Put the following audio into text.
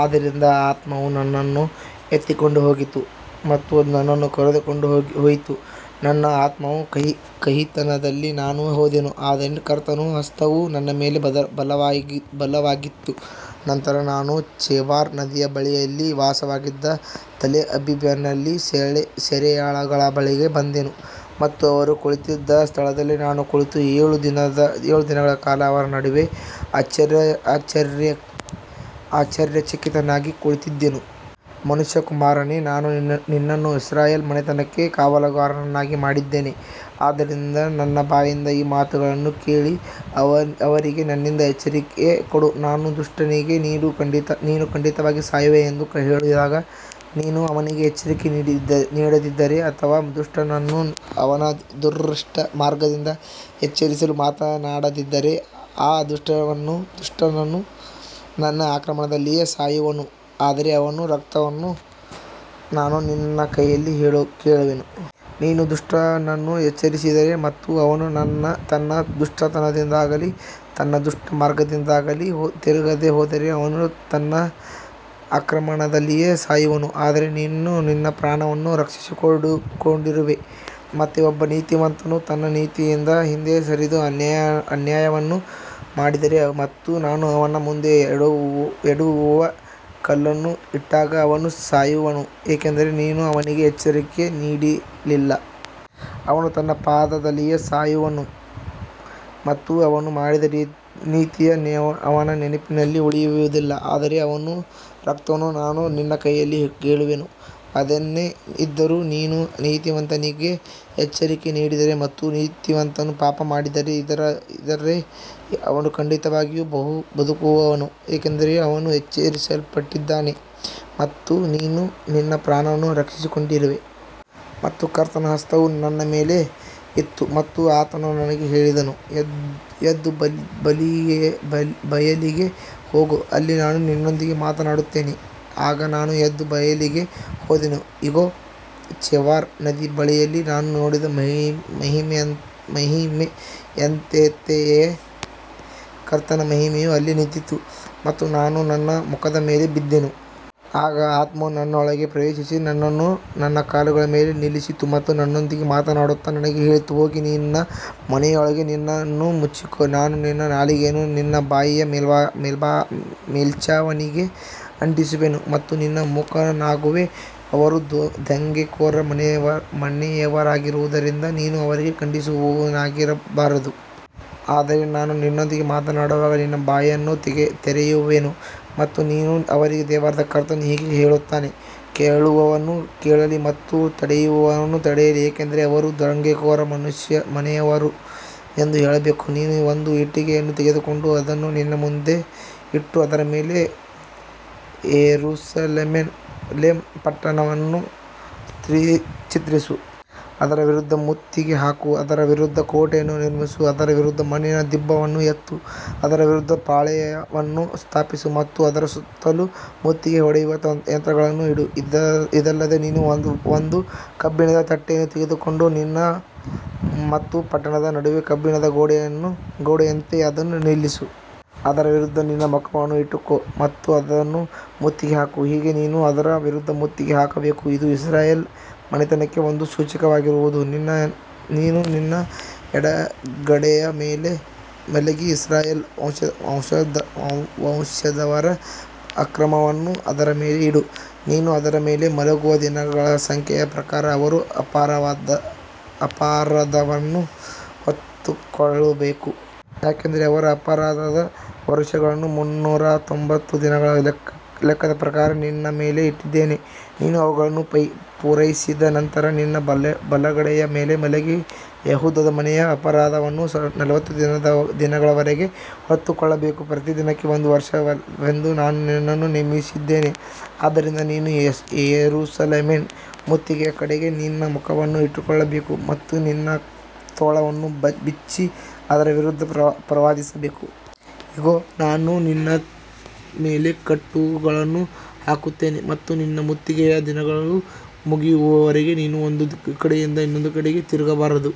ಆದ್ದರಿಂದ ಆತ್ಮವು ನನ್ನನ್ನು ಎತ್ತಿಕೊಂಡು ಹೋಗಿತು ಮತ್ತು ನನ್ನನ್ನು ಕರೆದುಕೊಂಡು ಹೋಯಿತು. ನನ್ನ ಆತ್ಮದ ಕಹಿತನದಲ್ಲಿ ನಾನು ಹೋದೆನು, ಆದರೆ ಕರ್ತನ ಹಸ್ತವು ನನ್ನ ಮೇಲೆ ಬಲವಾಗಿತ್ತು. ನಂತರ ನಾನು ಚೆಬಾರ್ ನದಿಯ ಬಳಿಯಲ್ಲಿ ವಾಸವಾಗಿದ್ದ ತೆಲ್ ಅಬೀಬಿನಲ್ಲಿ ಸೆರೆಯಾಳುಗಳ ಬಳಿಗೆ ಬಂದೆನು ಮತ್ತು ಅವರು ಕುಳಿತಿದ್ದ ಸ್ಥಳದಲ್ಲಿ ನಾನು ಕುಳಿತು ಏಳು ದಿನಗಳ ಕಾಲ ಅವರ ನಡುವೆ ಆಶ್ಚರ್ಯಚಕಿತನಾಗಿ ಕುಳಿತಿದ್ದೆನು. ಮನುಷ್ಯಕುಮಾರನೇ, ನಾನು ನಿನ್ನನ್ನು ಇಸ್ರಾಯೇಲ್ ಮನೆತನಕ್ಕೆ ಕಾವಲುಗಾರನನ್ನಾಗಿ ಮಾಡಿದ್ದೇನೆ. ಆದ್ದರಿಂದ ನನ್ನ ಬಾಯಿಂದ ಈ ಮಾತನ್ನು ಕೇಳಿ ಅವರಿಗೆ ನನ್ನಿಂದ ಎಚ್ಚರಿಕೆ ಕೊಡು. ನಾನು ದುಷ್ಟನಿಗೆ, ನೀನು ಖಂಡಿತವಾಗಿ ಸಾಯುವೆ ಎಂದು ಹೇಳಿದಾಗ ನೀನು ಅವನಿಗೆ ಎಚ್ಚರಿಕೆ ನೀಡದಿದ್ದರೆ ಅಥವಾ ದುಷ್ಟನನ್ನು ಅವನ ದುಷ್ಟ ಮಾರ್ಗದಿಂದ ಎಚ್ಚರಿಸಲು ಮಾತನಾಡದಿದ್ದರೆ, ಆ ದುಷ್ಟನು ತನ್ನ ಅಕ್ರಮದಲ್ಲಿಯೇ ಸಾಯುವನು, ಆದರೆ ಅವನ ರಕ್ತವನ್ನು ನಾನು ನಿನ್ನ ಕೈಯಲ್ಲಿ ಕೇಳುವೆನು. ನೀನು ದುಷ್ಟನನ್ನು ಎಚ್ಚರಿಸಿದರೆ ಮತ್ತು ಅವನು ತನ್ನ ದುಷ್ಟತನದಿಂದಾಗಲಿ ತನ್ನ ದುಷ್ಟ ಮಾರ್ಗದಿಂದಾಗಲಿ ತಿರುಗದೆ ಹೋದರೆ, ಅವನು ತನ್ನ ಅಕ್ರಮದಲ್ಲಿಯೇ ಸಾಯುವನು, ಆದರೆ ನೀನು ನಿನ್ನ ಪ್ರಾಣವನ್ನು ರಕ್ಷಿಸಿಕೊಂಡಿರುವೆ. ಮತ್ತೆ ಒಬ್ಬ ನೀತಿವಂತನು ತನ್ನ ನೀತಿಯಿಂದ ಹಿಂದೆ ಸರಿದು ಅನ್ಯಾಯವನ್ನು ಮಾಡಿದರೆ ಮತ್ತು ನಾನು ಅವನ ಮುಂದೆ ಎಡವುವ ಕಲ್ಲನ್ನು ಇಟ್ಟಾಗ ಅವನು ಸಾಯುವನು, ಏಕೆಂದರೆ ನೀನು ಅವನಿಗೆ ಎಚ್ಚರಿಕೆ ನೀಡಲಿಲ್ಲ. ಅವನು ತನ್ನ ಪಾಪದಲ್ಲಿಯೇ ಸಾಯುವನು ಮತ್ತು ಅವನು ಮಾಡಿದ ನೀತಿಯು ಅವನ ನೆನಪಿನಲ್ಲಿ ಉಳಿಯುವುದಿಲ್ಲ, ಆದರೆ ಅವನ ರಕ್ತವನ್ನು ನಾನು ನಿನ್ನ ಕೈಯಲ್ಲಿ ಕೇಳುವೆನು. ಅದೇನೇ ಇದ್ದರೂ, ನೀನು ನೀತಿವಂತನಿಗೆ ಎಚ್ಚರಿಕೆ ನೀಡಿದರೆ ಮತ್ತು ನೀತಿವಂತನು ಪಾಪ ಮಾಡದೆ ಇದ್ದರೆ, ಅವನು ಖಂಡಿತವಾಗಿಯೂ ಬದುಕುವನು, ಏಕೆಂದರೆ ಅವನು ಎಚ್ಚರಿಸಲ್ಪಟ್ಟಿದ್ದಾನೆ ಮತ್ತು ನೀನು ನಿನ್ನ ಪ್ರಾಣವನ್ನು ರಕ್ಷಿಸಿಕೊಂಡಿರುವೆ. ಮತ್ತು ಕರ್ತನ ಹಸ್ತವು ನನ್ನ ಮೇಲೆ ಇತ್ತು ಮತ್ತು ಆತನು ನನಗೆ ಹೇಳಿದನು, ಎದ್ದು ಬಯಲಿಗೆ ಹೋಗು, ಅಲ್ಲಿ ನಾನು ನಿನ್ನೊಂದಿಗೆ ಮಾತನಾಡುತ್ತೇನೆ. ಆಗ ನಾನು ಎದ್ದು ಬಯಲಿಗೆ ಹೋದೆನು. ಇಗೋ, ಚೆಬಾರ್ ನದಿಯ ಬಳಿಯಲ್ಲಿ ನಾನು ನೋಡಿದ ಮಹಿಮೆಯಂತೆಯೇ ಕರ್ತನ ಮಹಿಮೆಯು ಅಲ್ಲಿ ನಿಂತಿತ್ತು ಮತ್ತು ನಾನು ನನ್ನ ಮುಖದ ಮೇಲೆ ಬಿದ್ದೆನು. ಆಗ ಆತ್ಮವು ನನ್ನೊಳಗೆ ಪ್ರವೇಶಿಸಿ ನನ್ನನ್ನು ನನ್ನ ಕಾಲುಗಳ ಮೇಲೆ ನಿಲ್ಲಿಸಿತು ಮತ್ತು ನನ್ನೊಂದಿಗೆ ಮಾತನಾಡುತ್ತಾ ನನಗೆ ಹೇಳಿತು, ಹೋಗಿ ನಿನ್ನ ಮನೆಯೊಳಗೆ ನಿನ್ನನ್ನು ಮುಚ್ಚಿಕೋ. ನಾನು ನಿನ್ನ ನಾಲಿಗೆಯನ್ನು ನಿನ್ನ ಬಾಯಿಯ ಮೇಲ್ಛಾವಣಿಗೆ ಅಂಟಿಸುವೆನು ಮತ್ತು ನೀನು ಮೂಕನಾಗುವೆ, ಅವರು ದಂಗೆಕೋರ ಮನೆಯವರಾಗಿರುವುದರಿಂದ ನೀನು ಅವರಿಗೆ ಖಂಡಿಸುವವನಾಗಿರಬಾರದು. ಆದರೆ ನಾನು ನಿನ್ನೊಂದಿಗೆ ಮಾತನಾಡುವಾಗ ನಿನ್ನ ಬಾಯನ್ನು ತೆರೆಯುವೆನು ಮತ್ತು ನೀನು ಅವರಿಗೆ, ದೇವರಾದ ಕರ್ತನು ಹೀಗೆ ಹೇಳುತ್ತಾನೆ, ಕೇಳುವವನು ಕೇಳಲಿ ಮತ್ತು ತಡೆಯುವವನು ತಡೆಯಲಿ, ಏಕೆಂದರೆ ಅವರು ದಂಗೆಕೋರ ಮನೆಯವರು ಎಂದು ಹೇಳಬೇಕು. ನೀನು ಒಂದು ಇಟ್ಟಿಗೆಯನ್ನು ತೆಗೆದುಕೊಂಡು ಅದನ್ನು ನಿನ್ನ ಮುಂದೆ ಇಟ್ಟು ಅದರ ಮೇಲೆ ಯೆರೂಸಲೇಮ್ ಪಟ್ಟಣವನ್ನು ಚಿತ್ರಿಸು. ಅದರ ವಿರುದ್ಧ ಮುತ್ತಿಗೆ ಹಾಕು, ಅದರ ವಿರುದ್ಧ ಕೋಟೆಯನ್ನು ನಿರ್ಮಿಸು, ಅದರ ವಿರುದ್ಧ ಮಣ್ಣಿನ ದಿಬ್ಬವನ್ನು ಎತ್ತು, ಅದರ ವಿರುದ್ಧ ಪಾಳೆಯವನ್ನು ಸ್ಥಾಪಿಸು ಮತ್ತು ಅದರ ಸುತ್ತಲೂ ಮುತ್ತಿಗೆ ಹೊಡೆಯುವ ಯಂತ್ರಗಳನ್ನು ಇಡು. ಇದಲ್ಲದೆ ನೀನು ಒಂದು ಕಬ್ಬಿಣದ ತಟ್ಟೆಯನ್ನು ತೆಗೆದುಕೊಂಡು ನಿನ್ನ ಮತ್ತು ಪಟ್ಟಣದ ನಡುವೆ ಕಬ್ಬಿಣದ ಗೋಡೆಯಂತೆ ಅದನ್ನು ನಿಲ್ಲಿಸು. ಅದರ ವಿರುದ್ಧ ನಿನ್ನ ಮುಖವನ್ನು ಇಟ್ಟುಕೋ ಮತ್ತು ಅದನ್ನು ಮುತ್ತಿಗೆ ಹಾಕು, ಹೀಗೆ ನೀನು ಅದರ ವಿರುದ್ಧ ಮುತ್ತಿಗೆ ಹಾಕಬೇಕು. ಇದು ಇಸ್ರಾಯೇಲ್ ಮನೆತನಕ್ಕೆ ಒಂದು ಸೂಚಕವಾಗಿರುವುದು. ನೀನು ನಿನ್ನ ಎಡಗಡೆಯ ಮೇಲೆ ಮಲಗಿ ಇಸ್ರಾಯೇಲ್ ವಂಶದವರ ಅಕ್ರಮವನ್ನು ಅದರ ಮೇಲೆ ಇಡು. ನೀನು ಅದರ ಮೇಲೆ ಮಲಗುವ ದಿನಗಳ ಸಂಖ್ಯೆಯ ಪ್ರಕಾರ ಅವರ ಅಪರಾಧವನ್ನು ಹೊತ್ತುಕೊಳ್ಳಬೇಕು. ಯಾಕಂದರೆ ಅವರ ಅಪರಾಧದ ವರ್ಷಗಳನ್ನು ಮುನ್ನೂರ ತೊಂಬತ್ತು ದಿನಗಳ ಲೆಕ್ಕದ ಪ್ರಕಾರ ನಿನ್ನ ಮೇಲೆ ಇಟ್ಟಿದ್ದೇನೆ. ನೀನು ಅವುಗಳನ್ನು ಪೂರೈಸಿದ ನಂತರ ನಿನ್ನ ಬಲಗಡೆಯ ಮೇಲೆ ಮಲಗಿ ಯೆಹೂದದ ಮನೆಯ ಅಪರಾಧವನ್ನು ನಲವತ್ತು ದಿನಗಳವರೆಗೆ ಹೊತ್ತುಕೊಳ್ಳಬೇಕು. ಪ್ರತಿದಿನಕ್ಕೆ ಒಂದು ವರ್ಷವೆಂದು ನಾನು ನಿನ್ನನ್ನು ನೇಮಿಸಿದ್ದೇನೆ. ಆದ್ದರಿಂದ ನೀನು ಯೆರೂಸಲೇಮಿನ ಮುತ್ತಿಗೆಯ ಕಡೆಗೆ ನಿನ್ನ ಮುಖವನ್ನು ಇಟ್ಟುಕೊಳ್ಳಬೇಕು ಮತ್ತು ನಿನ್ನ ತೋಳನ್ನು ಬಿಚ್ಚಿ ಅದರ ವಿರುದ್ಧ ಪ್ರವಾದಿಸಬೇಕು. ಇಗೋ, ನಾನು ನಿನ್ನ ಮೇಲೆ ಕಟ್ಟುಗಳನ್ನು ಹಾಕುತ್ತೇನೆ ಮತ್ತು ನಿನ್ನ ಮುತ್ತಿಗೆಯ ದಿನಗಳು ಮುಗಿಯುವವರೆಗೆ ನೀನು ಒಂದು ಕಡೆಯಿಂದ ಇನ್ನೊಂದು ಕಡೆಗೆ ತಿರುಗಬಾರದು.